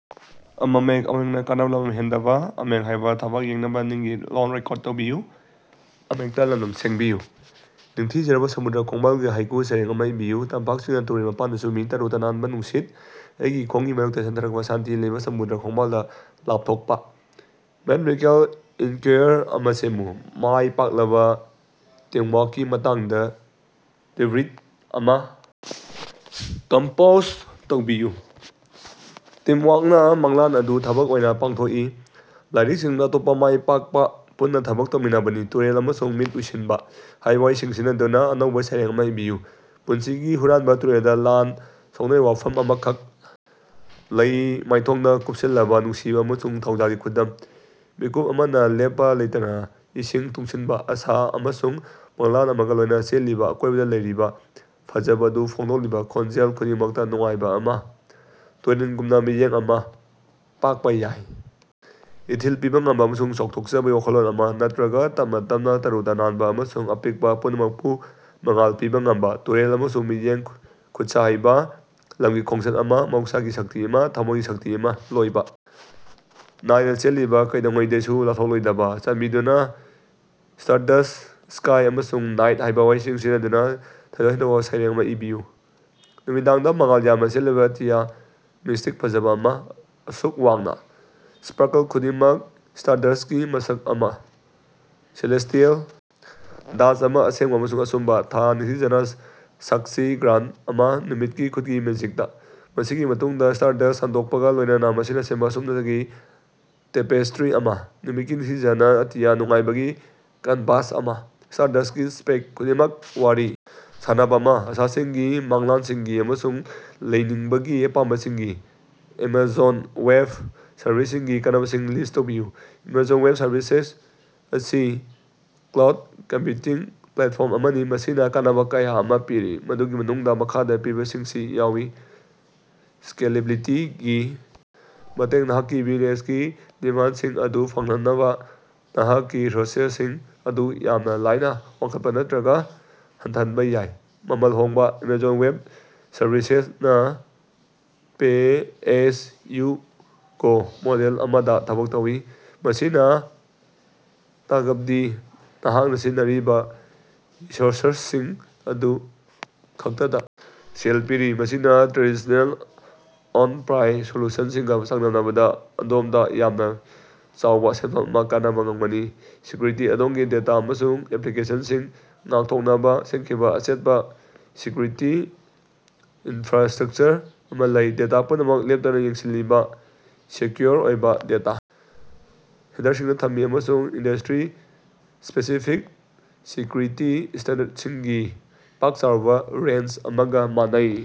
ꯅꯤꯡꯊꯤꯖꯔꯕ ꯁꯃꯨꯗ꯭ꯔ ꯈꯣꯡꯕꯥꯜꯒꯤ ꯍꯥꯏꯀꯨ ꯁꯩꯔꯦꯡ ꯑꯃ ꯏꯕꯤꯌꯨ꯫ ꯇꯝꯄꯥꯛꯁꯤꯡꯅ ꯇꯨꯔꯦꯜ ꯃꯄꯥꯟꯗ ꯆꯨꯝꯃꯤ ꯇꯔꯨ ꯇꯅꯥꯟꯕ ꯅꯨꯡꯁꯤꯠ, ꯑꯩꯒꯤ ꯈꯣꯡꯒꯤ ꯃꯔꯛꯇ ꯆꯦꯟꯊꯔꯛꯄ ꯁꯥꯟꯇꯤ ꯂꯩꯕ ꯁꯃꯨꯗ꯭ꯔ ꯈꯣꯡꯕꯥꯜꯗ ꯂꯥꯞꯊꯣꯛꯄ꯫ ꯃꯦꯊꯃꯦꯇꯤꯀꯦꯜ ꯏꯀ꯭ꯌꯨꯏꯌꯔ ꯑꯃ ꯁꯦꯝꯃꯨ꯫ ꯃꯥꯏ ꯄꯥꯛꯂꯕ ꯇꯤꯝꯋꯥꯔꯛꯀꯤ ꯃꯇꯥꯡꯗ ꯇ꯭ꯕꯤꯠ ꯑꯃ ꯀꯝꯄꯣꯖ ꯇꯧꯕꯤꯌꯨ꯫ ꯇꯤꯝꯋꯥꯔꯛꯅ ꯃꯪꯂꯥꯟ ꯑꯗꯨ ꯊꯕꯛ ꯑꯣꯏꯅ ꯄꯥꯡꯊꯣꯛꯏ꫰ ꯂꯥꯏꯔꯤꯛꯁꯤꯡꯗ ꯑꯇꯣꯞꯄ ꯃꯥꯏ ꯄꯥꯛꯄ ꯄꯨꯟꯅ ꯊꯕꯛ ꯇꯧꯃꯤꯟꯅꯕꯅꯤ꯫ "ꯇꯨꯔꯦꯜ" ꯑꯃꯁꯨꯡ "ꯃꯤꯠ ꯎꯏꯁꯤꯟꯕ" ꯍꯥꯏꯕ ꯋꯥꯍꯩꯁꯤꯡ ꯁꯤꯖꯤꯟꯅꯗꯨꯅ ꯑꯅꯧꯕ ꯁꯩꯔꯦꯡ ꯑꯃ ꯏꯕꯤꯌꯨ꯫ ꯄꯨꯟꯁꯤꯒꯤ ꯍꯨꯔꯥꯟꯕ ꯇꯨꯔꯦꯜꯗ, ꯂꯥꯟ ꯁꯣꯛꯅꯔꯤꯕ ꯋꯥꯐꯝ ꯑꯃꯈꯛ ꯂꯩ, ꯃꯥꯏꯊꯣꯡꯗ ꯀꯨꯞꯁꯤꯜꯂꯕ, ꯅꯨꯡꯁꯤꯕ ꯑꯃꯁꯨꯡ ꯊꯧꯖꯥꯜꯒꯤ ꯈꯨꯗꯝ꯫ ꯃꯤꯠꯀꯨꯞ ꯑꯃꯅ ꯂꯦꯞꯄ ꯂꯩꯇꯅ ꯏꯁꯤꯡ ꯇꯨꯡꯁꯤꯟꯕ, ꯑꯁꯥ ꯑꯃꯁꯨꯡ ꯃꯪꯂꯥꯟ ꯑꯃꯒ ꯂꯣꯏꯅꯅ ꯆꯦꯜꯂꯤꯕ, ꯑꯀꯣꯏꯕꯗ ꯂꯩꯔꯤꯕ ꯐꯖꯕ ꯑꯗꯨ ꯐꯣꯡꯗꯣꯛꯂꯤꯕ, ꯈꯣꯟꯖꯦꯜ ꯈꯨꯗꯤꯡꯃꯛꯇ ꯅꯨꯡꯉꯥꯏꯕ ꯑꯃ꯫ ꯇꯨꯔꯦꯜꯒꯨꯝꯅ, ꯃꯤꯠꯌꯦꯡ ꯑꯃ ꯄꯥꯛꯄ ꯌꯥꯏ, ꯏꯊꯤꯜ ꯄꯤꯕ ꯉꯝꯕ ꯑꯃꯁꯨꯡ ꯆꯥꯎꯊꯣꯛꯆꯕꯒꯤ ꯋꯥꯈꯜꯂꯣꯟ ꯑꯃ, ꯅꯠꯇ꯭ꯔꯒ ꯇꯞꯅ ꯇꯞꯅ, ꯇꯔꯨ ꯇꯅꯥꯟꯕ ꯑꯃꯁꯨꯡ ꯑꯄꯤꯛꯄ, ꯄꯨꯝꯅꯃꯛꯄꯨ ꯃꯉꯥꯜ ꯄꯤꯕ ꯉꯝꯕ꯫ ꯇꯨꯔꯦꯜ ꯑꯃꯁꯨꯡ ꯃꯤꯠꯌꯦꯡ, ꯈꯨꯠꯁ ꯍꯩꯕ, ꯂꯝꯒꯤ ꯈꯣꯡꯆꯠ ꯑꯃ, ꯃꯍꯧꯁꯥꯒꯤ ꯁꯛꯇꯤ ꯑꯃ, ꯊꯝꯃꯣꯏꯒꯤ ꯁꯛꯇꯤ ꯑꯃ, ꯂꯣꯏꯕ ꯅꯥꯏꯗꯅ ꯆꯦꯜꯂꯤꯕ, ꯀꯩꯗꯧꯉꯩꯗꯁꯨ ꯂꯥꯞꯊꯣꯛꯂꯣꯏꯗꯕ꯫ ꯆꯥꯟꯕꯤꯗꯨꯅ 'ꯁ꯭ꯇꯥꯔꯗꯁ꯭ꯠ', 'ꯁ꯭ꯀꯥꯏ', ꯑꯃꯁꯨꯡ 'ꯅꯥꯏꯠ' ꯍꯥꯏꯕ ꯋꯥꯍꯩꯁꯤꯡ ꯁꯤꯖꯤꯟꯅꯗꯨꯅ ꯊꯣꯏꯗꯣꯛ ꯍꯦꯟꯗꯣꯛꯄ ꯁꯩꯔꯦꯡ ꯑꯃ ꯏꯕꯤꯌꯨ꯫ ꯅꯨꯃꯤꯗꯥꯡꯗ, ꯃꯉꯥꯜ ꯌꯥꯝꯅ ꯆꯦꯜꯂꯤꯕ ꯑꯇꯤꯌ, ꯃꯤꯁꯇꯤꯛ ꯐꯖꯕ ꯑꯃ, ꯑꯁꯨꯛ ꯋꯥꯡꯅ꯫ ꯁ꯭ꯄꯥꯔꯀꯜ ꯈꯨꯗꯤꯡꯃꯛ ꯁ꯭ꯇꯥꯔꯗꯁ꯭ꯠꯀꯤ ꯃꯁꯛ ꯑꯃ, ꯁꯦꯂꯦꯁꯇꯤꯑꯦꯜ ꯗꯥꯟꯁ ꯑꯃ, ꯑꯁꯦꯡꯕ ꯑꯃꯁꯨꯡ ꯑꯆꯨꯝꯕ꯫ ꯊꯥ ꯅꯤꯡꯊꯤꯖꯅ, ꯁꯥꯛꯁꯤ ꯒ꯭ꯔꯦꯟꯗ ꯑꯃ, ꯅꯨꯃꯤꯠꯀꯤ ꯈꯨꯠꯀꯤ ꯃꯦꯖꯤꯛꯇ꯫ ꯃꯁꯤꯒꯤ ꯃꯇꯨꯡꯗ ꯁ꯭ꯇꯥꯔꯗꯁ꯭ꯠ ꯁꯟꯗꯣꯛꯄꯒ ꯂꯣꯏꯅꯅ, ꯃꯁꯤꯅ ꯁꯦꯝꯕ ꯁꯨꯞꯅꯒꯤ ꯇꯦꯄꯦꯁꯇ꯭ꯔꯤ ꯑꯃ꯫ ꯅꯨꯃꯤꯠꯀꯤ ꯅꯤꯡꯊꯤꯖꯅ, ꯑꯇꯤꯌꯥ, ꯅꯨꯡꯉꯥꯏꯕꯒꯤ ꯀꯦꯟꯚꯥꯁ ꯑꯃ꯫ ꯁ꯭ꯇꯥꯔꯗꯁ꯭ꯠꯀꯤ ꯁ꯭ꯄꯦꯛ ꯈꯨꯗꯤꯡꯃꯛ, ꯋꯥꯔꯤ ꯁꯥꯅꯕ ꯑꯃ, ꯑꯁꯥꯁꯤꯡꯒꯤ, ꯃꯪꯂꯥꯟꯁꯤꯡ ꯑꯃꯁꯨꯡ ꯂꯩꯅꯤꯡꯕꯒꯤ ꯑꯄꯥꯝꯕꯁꯤꯡꯒꯤ꯫ ꯑꯦꯃꯥꯖꯣꯟ ꯋꯦꯕ ꯁꯔꯚꯤꯁꯁꯤꯡꯒꯤ ꯀꯥꯟꯅꯕꯁꯤꯡ ꯂꯤꯁ ꯇꯧꯕꯤꯌꯨ꯫ ꯑꯦꯃꯥꯖꯣꯟ ꯋꯦꯕ ꯁꯔꯚꯤꯁꯦꯁ ꯑꯁꯤ ꯀ꯭ꯂꯥꯎꯗ ꯀꯝꯄ꯭ꯌꯨꯇꯤꯡ ꯄ꯭ꯂꯦꯠꯐꯣꯔꯝ ꯑꯃꯅꯤ ꯃꯁꯤꯅ ꯀꯥꯟꯅꯕ ꯀꯌꯥ ꯑꯃ ꯄꯤꯔꯤ, ꯃꯗꯨꯒꯤ ꯃꯅꯨꯡꯗ ꯃꯈꯥꯗ ꯄꯤꯔꯤꯕꯁꯤꯡꯁꯤ ꯌꯥꯎꯏ꯫ ꯁ꯭ꯀꯦꯂꯦꯕꯤꯂꯤꯇꯤ ꯒꯤ ꯃꯇꯦꯡꯅ, ꯅꯍꯥꯛꯀꯤ ꯕ꯭ꯌꯨꯖꯤꯅꯦꯁꯀꯤ ꯗꯤꯃꯥꯟꯁꯤꯡ ꯑꯗꯨ ꯐꯪꯍꯟꯅꯕ ꯅꯍꯥꯛꯀꯤ ꯔꯤꯁꯣꯔꯁꯁꯤꯡ ꯑꯗꯨ ꯌꯥꯝꯅ ꯂꯥꯏꯅ ꯋꯥꯡꯈꯠꯄ ꯅꯠꯇ꯭ꯔꯒ ꯍꯟꯊꯍꯟꯕ ꯌꯥꯏ꯫ ꯃꯃꯜ ꯍꯣꯡꯕ: ꯑꯦꯃꯥꯖꯣꯟ ꯋꯦꯕ ꯁꯔꯚꯤꯁꯦꯁ ꯅ ꯄꯦ-ꯑꯦꯖ-ꯌꯨ-ꯒꯣ ꯃꯣꯗꯦꯜ ꯑꯃꯗꯥ ꯊꯕꯛ ꯇꯧꯏ, ꯃꯁꯤꯅꯥ ꯇꯥꯀꯄꯗꯤ ꯅꯍꯥꯛꯅꯥ ꯁꯤꯖꯤꯟꯅꯔꯤꯕꯥ ꯔꯤꯁꯣꯔꯁꯁꯤꯡ ꯑꯗꯨ ꯈꯛꯇꯗꯥ ꯁꯦꯜ ꯄꯤꯔꯤ꯫ ꯃꯁꯤꯅꯥ ꯇ꯭ꯔꯦꯗꯤꯁ꯭ꯅꯦꯜ ꯑꯣꯟ-ꯄ꯭ꯔꯥꯏꯁ ꯁꯣꯂꯨꯁꯅꯁꯤꯡꯒꯥ ꯆꯥꯡꯗꯝꯅꯕꯗꯥ ꯑꯗꯣꯃꯗꯥ ꯌꯥꯝꯅꯥ ꯆꯥꯎꯕꯥ ꯁꯦꯅꯐꯝ ꯑꯃꯥ ꯀꯅꯕꯥ ꯉꯃꯒꯅꯤ꯫ ꯁꯦꯀ꯭ꯌꯨꯔꯤꯇꯤ: ꯑꯗꯣꯝꯒꯤ ꯗꯦꯇꯥ ꯑꯃꯁꯨꯡ ꯑꯦꯄ꯭ꯂꯤꯀꯦꯁꯟꯁꯤꯡ ꯉꯥꯛꯊꯣꯛꯅꯕ ꯁꯦꯝꯈꯤꯕ ꯑꯆꯦꯠꯄ ꯁꯦꯀ꯭ꯌꯨꯔꯤꯇꯤ ꯏꯟꯐ꯭ꯔꯥꯁ꯭ꯇꯔꯛꯆꯔ ꯑꯃ ꯂꯩ꯫ ꯗꯦꯇꯥ ꯄꯨꯝꯅꯃꯛ ꯂꯦꯞꯇꯅ ꯌꯦꯡꯁꯤꯜꯂꯤꯕ ꯁꯦꯀ꯭ꯌꯨꯑꯣꯔ ꯑꯣꯏꯕ ꯗꯦꯇꯥ ꯁꯦꯟꯇꯔꯁꯤꯡꯗ ꯊꯝꯃꯤ, ꯑꯃꯁꯨꯡ ꯏꯟꯗꯁꯇ꯭ꯔꯤ-ꯁ꯭ꯄꯦꯁꯤꯐꯤꯛ ꯁꯦꯀ꯭ꯌꯨꯔꯤꯇꯤ ꯁ꯭ꯇꯦꯟꯗꯔꯗꯁꯤꯡꯒꯤ ꯄꯥꯛ-ꯆꯥꯎꯔꯕ ꯔꯦꯟꯖ ꯑꯃꯒ ꯃꯥꯟꯅꯩ꯫